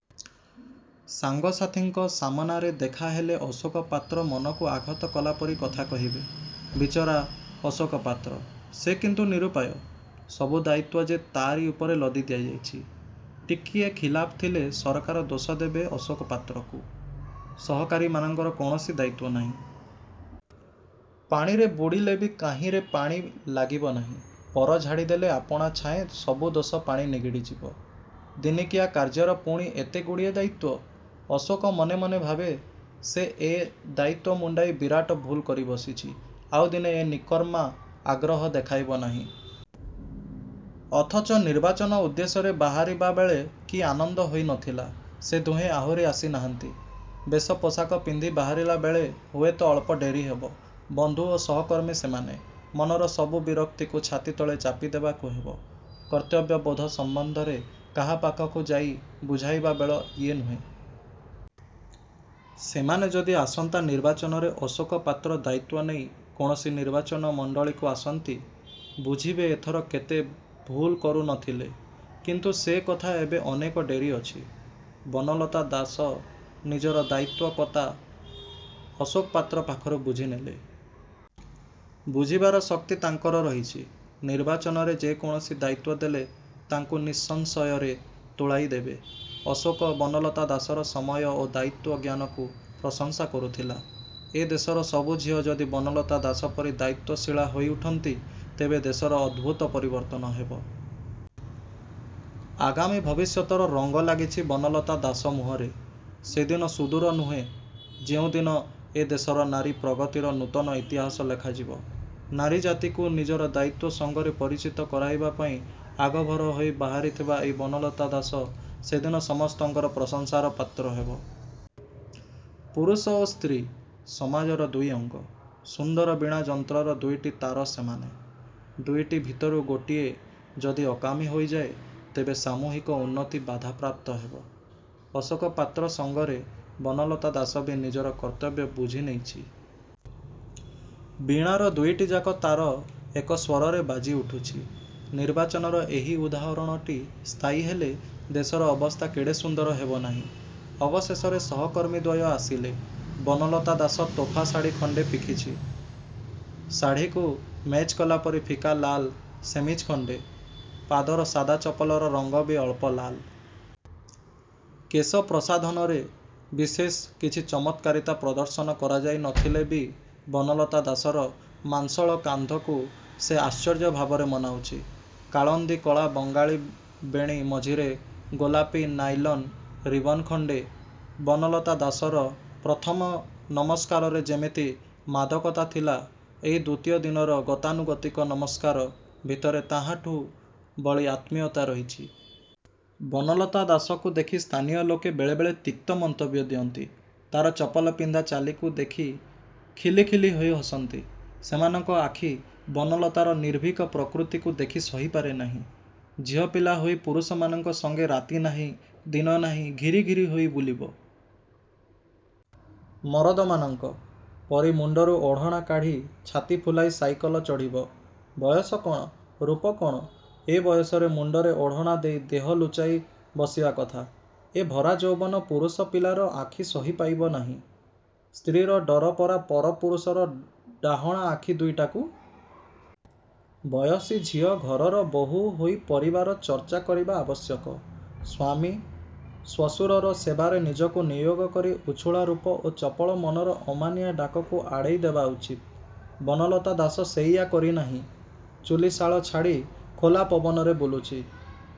ସାଙ୍ଗସାଥିଙ୍କ ସାମନାରେ ଦେଖା ହେଲେ ଅଶୋକ ପାତ୍ର ମନକୁ ଆଘାତ କଲାପରି କଥା କହିବେ। ବିଚରା ଅଶୋକ ପାତ୍ର! ସେ କିନ୍ତୁ ନିରୁପାୟ। ସବୁ ଦାୟିତ୍ୱ ଯେ ତାରି ଉପରେ ଲଦି ଦିଆଯାଇଛି। ଟିକିଏ ଖିଲାପ ଥିଲେ ସରକାର ଦୋଷ ଦେବେ ଅଶୋକ ପାତ୍ରକୁ। ସହକାରୀମାନଙ୍କର କୌଣସି ଦାୟିତ୍ୱ ନାହିଁ। ପାଣିରେ ବୁଡ଼ିଲେବି କାହିଁରେ ପାଣି ଲାଗିବ ନାହିଁ। ପର ଝାଡ଼ିଦେଲେ ଆପଣା ଛାଏଁ ସବୁ ଦୋଷ-ପାଣି ନିଗିଡ଼ି ଯିବ। ଦିନିକିଆ କାର୍ଯ୍ୟର ପୁଣି ଏତେ ଗୁଡ଼ିଏ ଦାୟିତ୍ୱ? ଅଶୋକ ମନେ ମନେ ଭାବେ, ସେ ଏ ଦାୟିତ୍ୱ ମୁଣ୍ଡାଇ ବିରାଟ ଭୁଲ କରି ବସିଛି। ଆଉ ଦିନେ ଏ ନିକର୍ମା-ଆଗ୍ରହ ଦେଖାଇବ ନାହିଁ। ଅଥଚ ନିର୍ବାଚନ ଉଦ୍ଦେଶ୍ୟରେ ବାହାରିଲାବେଳେ କି ଆନନ୍ଦ ହୋଇ ନ ଥିଲା। ସେ ଦୁହେଁ ଆହୁରି ଆସିନାହାନ୍ତି। ବେଶପୋଷାକ ପିନ୍ଧି ବାହାରିଲାବେଳେ ହୁଏତ ଅଳ୍ପ ଡେରି ହେବ। ବନ୍ଧୁ ଓ ସହକର୍ମୀ ସେମାନେ। ମନର ସବୁ ବିରକ୍ତିକୁ ଛାତିତଳେ ଚାପି ଦେବାକୁ ହେବ। କର୍ତ୍ତବ୍ୟବୋଧ ସମ୍ୱନ୍ଧରେ କାହା ପାଖକୁ ଯାଇ ବୁଝାଇବା ବେଳ ଇଏ ନୁହେ। ସେମାନେ ଯଦି ଆସନ୍ତା ନିର୍ବାଚନରେ ଅଶୋକ ପାତ୍ର ଦାୟିତ୍ୱ ନେଇ କୌଣସି ନିର୍ବାଚନ ମଣ୍ଡଳୀକୁ ଆସନ୍ତି, ବୁଝିବେ ଏଥର କେତେ ଭୁଲ କରୁ ନ ଥିଲେ। କିନ୍ତୁ ସେ କଥା ଏବେ ଅନେକ ଡେରି ଅଛି। ବନଲତା ଦାସ ନିଜର ଦାୟିତ୍ୱ କତା ଅଶୋକ ପାତ୍ର ପାଖରୁ ବୁଝିନେଲେ। ବୁଝିବାର ଶକ୍ତି ତାଙ୍କର ରହିଛି। ନିର୍ବାଚନରେ ଯେକୌଣସି ଦାୟିତ୍ୱ ଦେଲେ ତାକୁ ନିଃସଂଶୟରେ ତୁଲାଇ ଦେବେ। ଅଶୋକ ବନଲତା ଦାସର ସମୟ ଓ ଦାୟିତ୍ୱ ଜ୍ଞାନକୁ ପ୍ରଶଂସା କରୁଥିଲା। ଏ ଦେଶର ସବୁ ଝିଅ ଯଦି ବନଲତା ଦାସ ପରି ଦାୟିତ୍ୱଶୀଳା ହୋଇଉଠନ୍ତି, ତେବେ ଦେଶର ଅଦ୍ଭୁତ ପରିବର୍ତ୍ତନ ହେବ। ଆଗାମୀ ଭବିଷ୍ୟତର ରଙ୍ଗ ଲାଗିଛି ବନଲନା ଦାସ ମୁହଁରେ। ସେଦିନ ସୁଦୁର ନୁହେ, ଯେଉଁଦିନ ଏ ଦେଶର ନାରୀ ପ୍ରଗତିର ନୂତନ ଇତିହାସ ଲେଖାଯିବ। ନାରୀ ଜାତିକୁ ନିଜର ଦାୟିତ୍ୱ ସଙ୍ଗରେ ପରିଚିତ କରାଇବା ପାଇଁ ଆଗଭର ହୋଇ ବାହାରିଥିବା ଏଇ ବନଲତା ଦାସ ସେଦିନ ସମସ୍ତଙ୍କର ପ୍ରଶଂସାର ପାତ୍ର ହେବ। ପୁରୁଷ ଓ ସ୍ତ୍ରୀ, ସମାଜର ଦୁଇ ଅଙ୍ଗ। ସୁନ୍ଦର ବୀଣା ଯନ୍ତ୍ରର ଦୁଇଟି ତାର ସେମାନେ। ଦୁଇଟି ଭିତରୁ ଗୋଟିଏ ଯଦି ଅକାମୀ ହୋଇଯାଏ ତେବେ ସାମୁହିକ ଉନ୍ନତି ବାଧାପ୍ରାପ୍ତ ହେବ। ଅଶୋକ ପାତ୍ର ସଙ୍ଗରେ ବନଲତା ଦାସ ବି ନିଜର କର୍ତ୍ତବ୍ୟ ବୁଝି ନେଇଛି। ବୀଣାର ଦୁଇଟିଯାକ ତାର ଏକ ସ୍ୱରରେ ବାଜି ଉଠୁଛି। ନିର୍ବାଚନର ଏହି ଉଦାହରଣଟି ସ୍ଥାୟୀ ହେଲେ, ଦେଶର ଅବସ୍ଥା କେଡ଼େ ସୁନ୍ଦର ହେବନାହିଁ। ଅବଶେଷରେ ସହକର୍ମୀ ଦ୍ୱୟ ଆସିଲେ। ବନଲତା ଦାସ ତୋଫା ଶାଢ଼ି ଖଣ୍ଡେ ପିଖିଛି। ଶାଢ଼ିକୁ ମେଚ୍କଲାପରି ଫିକା ଲାଲ ସେମିଜ୍ଖଣ୍ଡେ। ପାଦର ସାଦା ଚପଲର ରଙ୍ଗ ବି ଅଳ୍ପ ଲାଲ। କେଶ ପ୍ରସାଧନରେ ବିଶେଷ କିଛି ଚମତ୍କାରିତା ପ୍ରଦର୍ଶନ କରାଯାଇ ନଥିଲେ ବି ବନଲତା ଦାସର ମାଂସଳ କାନ୍ଧକୁ ସେ ଆଶ୍ଚର୍ଯ୍ୟ ଭାବରେ ମନାଉଛି। କାଳନ୍ଦୀ କଳା ବଙ୍ଗାଳୀ ବେଣୀ ମଝିରେ ଗୋଲାପୀ ନାଇଲନ୍ ରିବନ୍ଖଣ୍ଡେ। ବନଲତା ଦାସର ପ୍ରଥମ ନମସ୍କାରରେ ଯେମିତି ମାଦକତା ଥିଲା ଏଇ ଦ୍ୱିତୀୟ ଦିନର ଗତାନୁଗତିକ ନମସ୍କାର ଭିତରେ ତାହାଠୁଁ ବଳି ଆତ୍ମୀୟତା ରହିଛି। ବନଲତା ଦାସକୁ ଦେଖି ସ୍ଥାନୀୟ ଲୋକେ ବେଳେବେଳେ ତିକ୍ତ ମନ୍ତବ୍ୟ ଦିଅନ୍ତି। ତାର ଚପଲ ପିନ୍ଧା ଚାଲିକୁ ଦେଖି ଖିଲି, ଖିଲି, ହୋଇ ହସନ୍ତି। ସେମାନଙ୍କ ଆଖି ବନଲତାର ନିର୍ଭୀକ ପ୍ରକୃତିକୁ ଦେଖି ସହି ପାରେ ନାହିଁ। ଝିଅପିଲା ହୋଇ ପୁରୁଷମାନଙ୍କ ସଙ୍ଗେ ରାତି ନାହିଁ, ଦିନ ନାହିଁ ଘିରି ଘିରି ହୋଇ ବୁଲିବ? ମରଦମାନଙ୍କ। ପରି ମୁଣ୍ଡରୁ ଓଢ଼ଣା କାଢ଼ି ଛାତି ଫୁଲାଇ ସାଇକଲ ଚଢ଼ିବ? ବୟସ କଣ, ରୂପ କଣ! ଏ ବୟସରେ ମୁଣ୍ଡରେ ଓଢ଼ଣାଦେଇ ଦେହ ଲୁଛାଇ ବସିବା କଥା! ଏ ଭରା ଯୌବନ ପୁରୁଷ ପିଲାର ଆଖି ସହିପାଇବ ନାହିଁ। ସ୍ତ୍ରୀର ଡର ପରା ପର ପୁରୁଷର ଡାହଣା ଆଖି ଦୁଇଟାକୁ! ବୟସୀ ଝିଅ ଘରର ବୋହୂ ହୋଇ ପରିବାର ଚର୍ଚ୍ଚା କରିବା ଆବଶ୍ୟକ। ସ୍ୱାମୀ, ଶ୍ୱଶୁରର ସେବାରେ ନିଜକୁ ନିୟୋଗ କରି ଉଛୁଳା ରୂପ ଓ ଚପଳ ମନର ଅମାନିଆ ଡାକକୁ ଆଡ଼େଇ ଦେବା ଉଚିତ। ବନଲତା ଦାସ ସେଇୟା କରିନାହିଁ। ଚୁଲୀଶାଳ ଛାଡ଼ି ଖୋଲା ପବନରେ ବୁଲୁଛି।